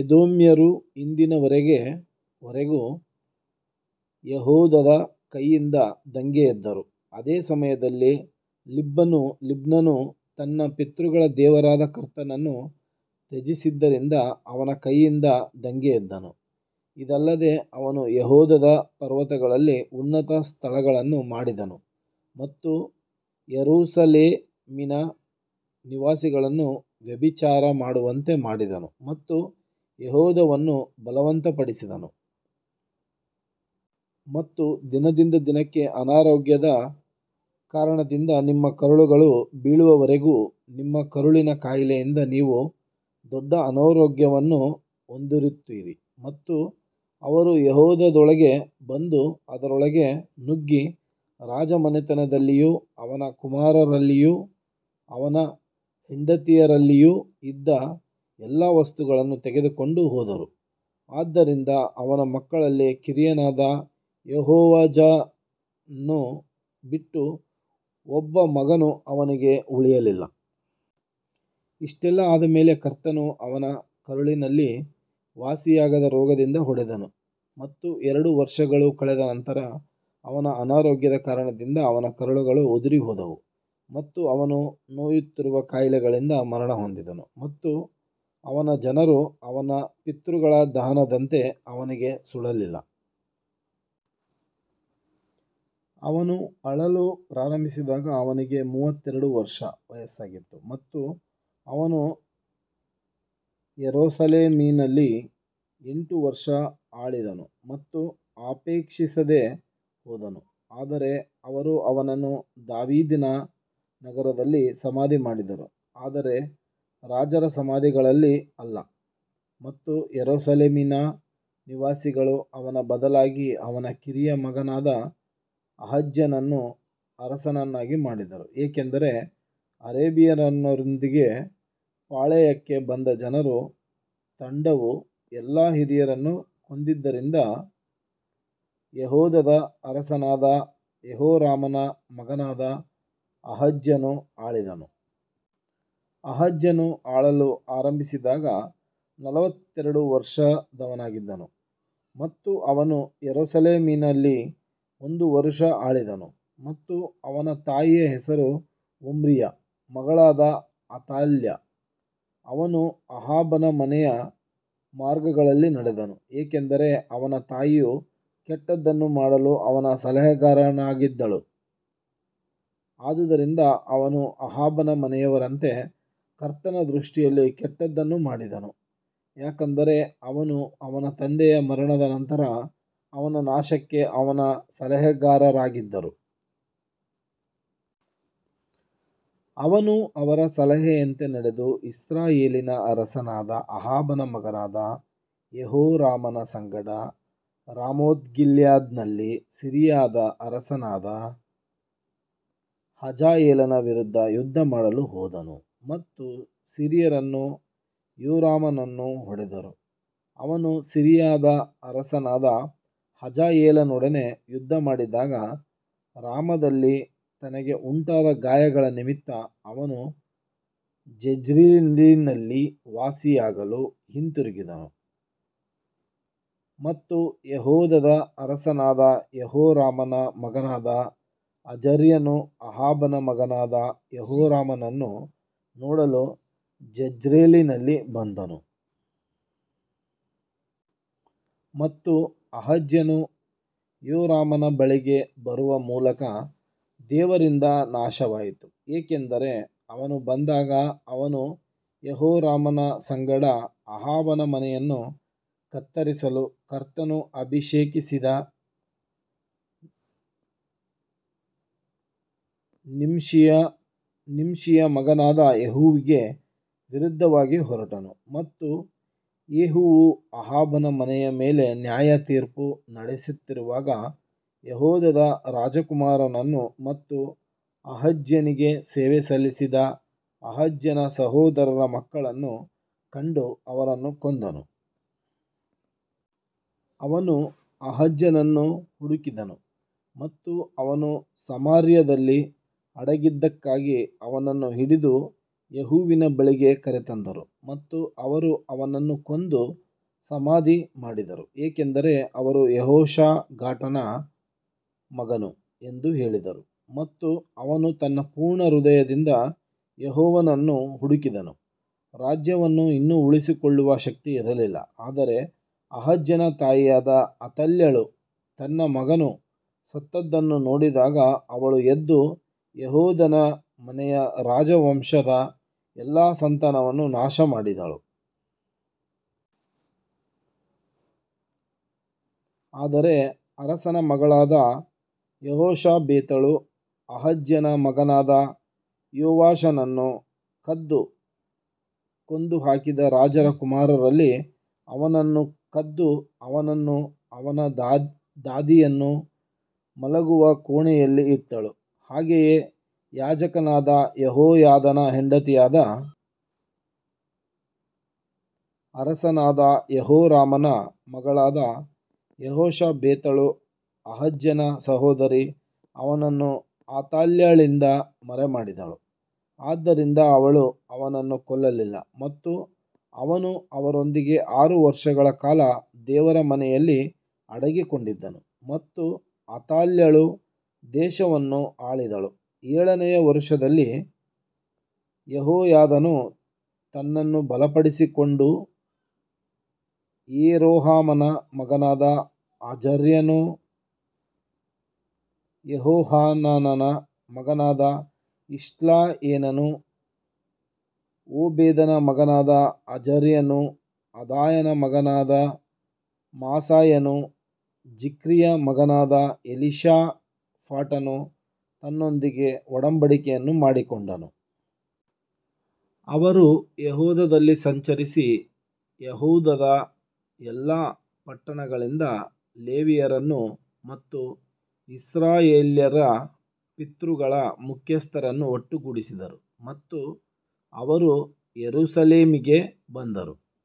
ಎದೋಮ್ಯರು ಇಂದಿನ ವರೆಗೂ ಯೆಹೂದದ ಕೈಯಿಂದ ದಂಗೆಯೆದ್ದರು, ಅದೇ ಸಮಯದಲ್ಲಿ ಲಿಬ್ನನು ತನ್ನ ಪಿತೃಗಳ ದೇವರಾದ ಕರ್ತನನ್ನು ತ್ಯಜಿಸಿದ್ದರಿಂದ ಅವನ ಕೈಯಿಂದ ದಂಗೆ ಎದ್ದನು. ಇದಲ್ಲದೆ ಅವನು ಯೆಹೂದದ ಪರ್ವತಗಳಲ್ಲಿ ಉನ್ನತ ಸ್ಥಳಗಳನ್ನು ಮಾಡಿದನು ಮತ್ತು ಯೆರೂಸಲೇಮಿನ ನಿವಾಸಿಗಳನ್ನು ವ್ಯಭಿಚಾರ ಮಾಡುವಂತೆ ಮಾಡಿದನು ಮತ್ತು ಯೆಹೂದವನ್ನು ಬಲವಂತಪಡಿಸಿದನು. ಮತ್ತು ದಿನದಿಂದ ದಿನಕ್ಕೆ ಅನಾರೋಗ್ಯದ ಕಾರಣದಿಂದ ನಿಮ್ಮ ಕರುಳುಗಳು ಬೀಳುವವರೆಗೂ ನಿಮ್ಮ ಕರುಳಿನ ಕಾಯಿಲೆಯಿಂದ ನೀವು ದೊಡ್ಡ ಅನಾರೋಗ್ಯವನ್ನು ಹೊಂದಿರುತ್ತೀರಿ ಮತ್ತು ಅವರು ಯೆಹೂದದೊಳಗೆ ಬಂದು ಅದರೊಳಗೆ ನುಗ್ಗಿ ರಾಜಮನೆತನದಲ್ಲಿಯೂ ಅವನ ಕುಮಾರರಲ್ಲಿಯೂ ಅವನ ಹೆಂಡತಿಯರಲ್ಲಿಯೂ ಇದ್ದ ಎಲ್ಲಾ ವಸ್ತುಗಳನ್ನು ತೆಗೆದುಕೊಂಡು ಹೋದರು, ಆದ್ದರಿಂದ ಅವನ ಮಕ್ಕಳಲ್ಲಿ ಕಿರಿಯನಾದ ಯೆಹೋವಾಹಾಜನ್ನು ಬಿಟ್ಟು ಒಬ್ಬ ಮಗನು ಅವನಿಗೆ ಉಳಿಯಲಿಲ್ಲ. ಇಷ್ಟೆಲ್ಲಾ ಆದ ಮೇಲೆ ಕರ್ತನು ಅವನ ಕರುಳಿನಲ್ಲಿ ವಾಸಿಯಾಗದ ರೋಗದಿಂದ ಹೊಡೆದನು ಮತ್ತು ಎರಡು ವರ್ಷಗಳು ಕಳೆದ ನಂತರ ಅವನ ಅನಾರೋಗ್ಯದ ಕಾರಣದಿಂದ ಅವನ ಕರುಳುಗಳು ಉದುರಿಹೋದವು ಮತ್ತು ಅವನು ನೋಯುತ್ತಿರುವ ಕಾಯಿಲೆಗಳಿಂದ ಮರಣಹೊಂದಿದನು ಮತ್ತು ಅವನ ಜನರು ಅವನ ಪಿತೃಗಳ ದಹನದಂತೆ ಅವನಿಗೆ ಸುಡಲಿಲ್ಲ. ಅವನು ಆಳಲು ಪ್ರಾರಂಭಿಸಿದಾಗ ಅವನಿಗೆ ಮೂವತ್ತೆರಡು ವರ್ಷ ವಯಸ್ಸಾಗಿತ್ತು ಮತ್ತು ಅವನು ಯೆರೂಸಲೇಮಿನಲ್ಲಿ ಎಂಟು ವರ್ಷ ಆಳಿದನು ಮತ್ತು ಅಪೇಕ್ಷಿಸದೆ ಹೋದನು ಆದರೆ ಅವರು ಅವನನ್ನು ದಾವೀದನ ನಗರದಲ್ಲಿ ಸಮಾಧಿ ಮಾಡಿದರು ಆದರೆ ರಾಜರ ಸಮಾಧಿಗಳಲ್ಲಿ ಅಲ್ಲ. ಮತ್ತು ಯೆರೂಸಲೇಮಿನ ನಿವಾಸಿಗಳು ಅವನ ಬದಲಾಗಿ ಅವನ ಕಿರಿಯ ಮಗನಾದ ಅಹಜ್ಯನನ್ನು ಅರಸನನ್ನಾಗಿ ಮಾಡಿದರು, ಏಕೆಂದರೆ ಅರೇಬಿಯನ್ನರೊಂದಿಗೆ ಪಾಳೆಯಕ್ಕೆ ಬಂದ ಜನರ ತಂಡವು ಎಲ್ಲಾ ಹಿರಿಯರನ್ನು ಕೊಂದಿದ್ದರಿಂದ ಯೆಹೂದದ ಅರಸನಾದ ಯೆಹೋರಾಮನ ಮಗನಾದ ಅಹಜ್ಯನು ಆಳಿದನು. ಅಹಜ್ಯನು ಆಳಲು ಆರಂಭಿಸಿದಾಗ ನಲವತ್ತೆರಡು ವರುಷದವನಾಗಿದ್ದನು ಮತ್ತು ಅವನು ಯೆರೂಸಲೇಮಿನಲ್ಲಿ ಒಂದು ವರುಷ ಆಳಿದನು ಮತ್ತು ಅವನ ತಾಯಿಯ ಹೆಸರು ಒಮ್ರಿಯ ಮಗಳಾದ ಅತಾಲ್ಯ. ಅವನು ಅಹಾಬನ ಮನೆಯ ಮಾರ್ಗಗಳಲ್ಲಿ ನಡೆದನು, ಏಕೆಂದರೆ ಅವನ ತಾಯಿಯು ಕೆಟ್ಟದ್ದನ್ನು ಮಾಡಲು ಅವನ ಸಲಹೆಗಾರನಾಗಿದ್ದಳು. ಆದದರಿಂದ ಅವನು ಅಹಾಬನ ಮನೆಯವರಂತೆ ಕರ್ತನ ದೃಷ್ಟಿಯಲ್ಲಿ ಕೆಟ್ಟದ್ದನ್ನು ಮಾಡಿದನು, ಯಾಕಂದರೆ ಅವರು ಅವನ ತಂದೆಯ ಮರಣದ ನಂತರ ಅವನ ನಾಶಕ್ಕೆ ಅವನ ಸಲಹೆಗಾರರಾಗಿದ್ದರು. ಅವನು ಅವರ ಸಲಹೆಯಂತೆ ನಡೆದು ಇಸ್ರಾಯೇಲಿನ ಅರಸನಾದ ಅಹಾಬನ ಮಗನಾದ ಯೆಹೋರಾಮನ ಸಂಗಡ ರಾಮೋತ್ಗಿಲ್ಯಾದ್ನಲ್ಲಿ ಸಿರಿಯಾದ ಅರಸನಾದ ಹಜಾಯೇಲನ ವಿರುದ್ಧ ಯುದ್ಧಮಾಡಲು ಹೋದನು ಮತ್ತು ಸಿರಿಯನ್ನರು ಯೋರಾಮನನ್ನು ಹೊಡೆದರು. ಅವನು ಸಿರಿಯಾದ ಅರಸನಾದ ಹಜಾಯೇಲನೊಡನೆ ಯುದ್ಧಮಾಡಿದಾಗ ರಾಮಾದಲ್ಲಿ ತನಗೆ ಉಂಟಾದ ಗಾಯಗಳ ನಿಮಿತ್ತ ಅವನು ಜೆಜ್ರೇಲಿನಲ್ಲಿ ವಾಸಿಯಾಗಲು ಹಿಂದಿರುಗಿದನು ಮತ್ತು ಯೆಹೂದದ ಅರಸನಾದ ಯೆಹೋರಾಮನ ಮಗನಾದ ಅಜರ್ಯನು ಅಹಾಬನ ಮಗನಾದ ಯೆಹೋರಾಮನನ್ನು ನೋಡಲು ಜೆಜ್ರೇಲಿನಲ್ಲಿ ಬಂದನು. ಮತ್ತು ಅಹಜ್ಯನು ಯೋರಾಮನ ಬಳಿಗೆ ಬರುವ ಮೂಲಕ ದೇವರಿಂದ ನಾಶವಾಯಿತು, ಏಕೆಂದರೆ ಅವನು ಬಂದಾಗ ಅವನು ಯೆಹೋರಾಮನ ಸಂಗಡ ಅಹಾಬನ ಮನೆಯನ್ನು ಕತ್ತರಿಸಲು ಕರ್ತನು ಅಭಿಷೇಕಿಸಿದ ನಿಮ್ಷಿಯ ಮಗನಾದ ಯೇಹುವಿಗೆ ವಿರುದ್ಧವಾಗಿ ಹೊರಟನು. ಮತ್ತು ಯೇಹುವು ಅಹಾಬನ ಮನೆಯ ಮೇಲೆ ನ್ಯಾಯತೀರ್ಪು ನಡೆಸುತ್ತಿರುವಾಗ ಯೆಹೂದದ ರಾಜಕುಮಾರರನ್ನು ಮತ್ತು ಅಹಜ್ಯನಿಗೆ ಸೇವೆ ಸಲ್ಲಿಸಿದ ಅಹಜ್ಯನ ಸಹೋದರರ ಮಕ್ಕಳನ್ನು ಕಂಡು ಅವರನ್ನು ಕೊಂದನು. ಅವನು ಅಹಜ್ಯನನ್ನು ಹುಡುಕಿದನು ಮತ್ತು ಅವನು ಸಮಾರ್ಯದಲ್ಲಿ ಅಡಗಿದ್ದಕ್ಕಾಗಿ ಅವನನ್ನು ಹಿಡಿದು ಯೇಹುವಿನ ಬಳಿಗೆ ಕರೆತಂದರು ಮತ್ತು ಅವರು ಅವನನ್ನು ಕೊಂದು ಸಮಾಧಿ ಮಾಡಿದರು ಏಕೆಂದರೆ ಅವರು ಯೆಹೋಷಾಫಾಟನ ಮಗನು ಎಂದು ಹೇಳಿದರು ಮತ್ತು ಅವನು ತನ್ನ ಪೂರ್ಣ ಹೃದಯದಿಂದ ಯೆಹೋವನನ್ನು ಹುಡುಕಿದನು. ರಾಜ್ಯವನ್ನು ಇನ್ನೂ ಉಳಿಸಿಕೊಳ್ಳುವ ಶಕ್ತಿ ಇರಲಿಲ್ಲ ಆದರೆ ಅಹಜ್ಯನ ತಾಯಿಯಾದ ಅತಲ್ಯಳು ತನ್ನ ಮಗನು ಸತ್ತದ್ದನ್ನು ನೋಡಿದಾಗ ಅವಳು ಎದ್ದು ಯೆಹೂದನ ಮನೆಯ ರಾಜವಂಶದ ಎಲ್ಲಾ ಸಂತಾನವನ್ನು ನಾಶಮಾಡಿದಳು. ಆದರೆ ಅರಸನ ಮಗಳಾದ ಯೆಹೋಷಬೇತಳು ಅಹಜ್ಯನ ಮಗನಾದ ಯೋವಾಷನನ್ನು ಕದ್ದು ಕೊಂದುಹಾಕಿದ ರಾಜರ ಕುಮಾರರಲ್ಲಿ ಅವನನ್ನು ಕದ್ದು ಅವನನ್ನೂ ಅವನ ದಾದಿಯನ್ನೂ ಮಲಗುವ ಕೋಣೆಯಲ್ಲಿ ಇಟ್ಟಳು, ಹಾಗೆಯೇ ಯಾಜಕನಾದ ಯೆಹೋಯಾದನ ಹೆಂಡತಿಯಾದ ಅರಸನಾದ ಯೆಹೋರಾಮನ ಮಗಳಾದ ಯೆಹೋಷಬೇತಳು ಅಹಜ್ಯನ ಸಹೋದರಿ ಅವನನ್ನು ಅಥಾಲ್ಯಳಿಂದ ಮರೆಮಾಡಿದಳು, ಆದ್ದರಿಂದ ಅವಳು ಅವನನ್ನು ಕೊಲ್ಲಲಿಲ್ಲ ಮತ್ತು ಅವನು ಅವರೊಂದಿಗೆ ಆರು ವರ್ಷಗಳ ಕಾಲ ದೇವರ ಮನೆಯಲ್ಲಿ ಅಡಗಿಕೊಂಡಿದ್ದನು ಮತ್ತು ಅಥಾಲ್ಯಳು ದೇಶವನ್ನು ಆಳಿದಳು ಏಳನೆಯ ವರುಷದಲ್ಲಿ ಯೆಹೋಯಾದನು ತನ್ನನ್ನು ಬಲಪಡಿಸಿಕೊಂಡು ಯೆರೋಹಾಮನ ಮಗನಾದ ಅಜರ್ಯನೂ ಯೆಹೋಹಾನಾನನ ಮಗನಾದ ಇಷ್ಮಾಯೇಲನೂ ಓಬೇದನ ಮಗನಾದ ಅಜರ್ಯನೂ ಆದಾಯನ ಮಗನಾದ ಮಾಸೇಯನೂ ಜಿಕ್ರಿಯ ಮಗನಾದ ಎಲೀಷಾಫಾಟನೂ ತನ್ನೊಂದಿಗೆ ಒಡಂಬಡಿಕೆಯನ್ನು ಮಾಡಿಕೊಂಡನು. ಅವರು ಯೆಹೂದದಲ್ಲಿ ಸಂಚರಿಸಿ ಯೆಹೂದದ ಎಲ್ಲಾ ಪಟ್ಟಣಗಳಿಂದ ಲೇವಿಯರನ್ನು ಮತ್ತು ಇಸ್ರಾಯೇಲ್ಯರ ಪಿತೃಗಳ ಮುಖ್ಯಸ್ಥರನ್ನು ಒಟ್ಟುಗೂಡಿಸಿದರು ಮತ್ತು ಅವರು ಯೆರೂಸಲೇಮಿಗೆ ಬಂದರು.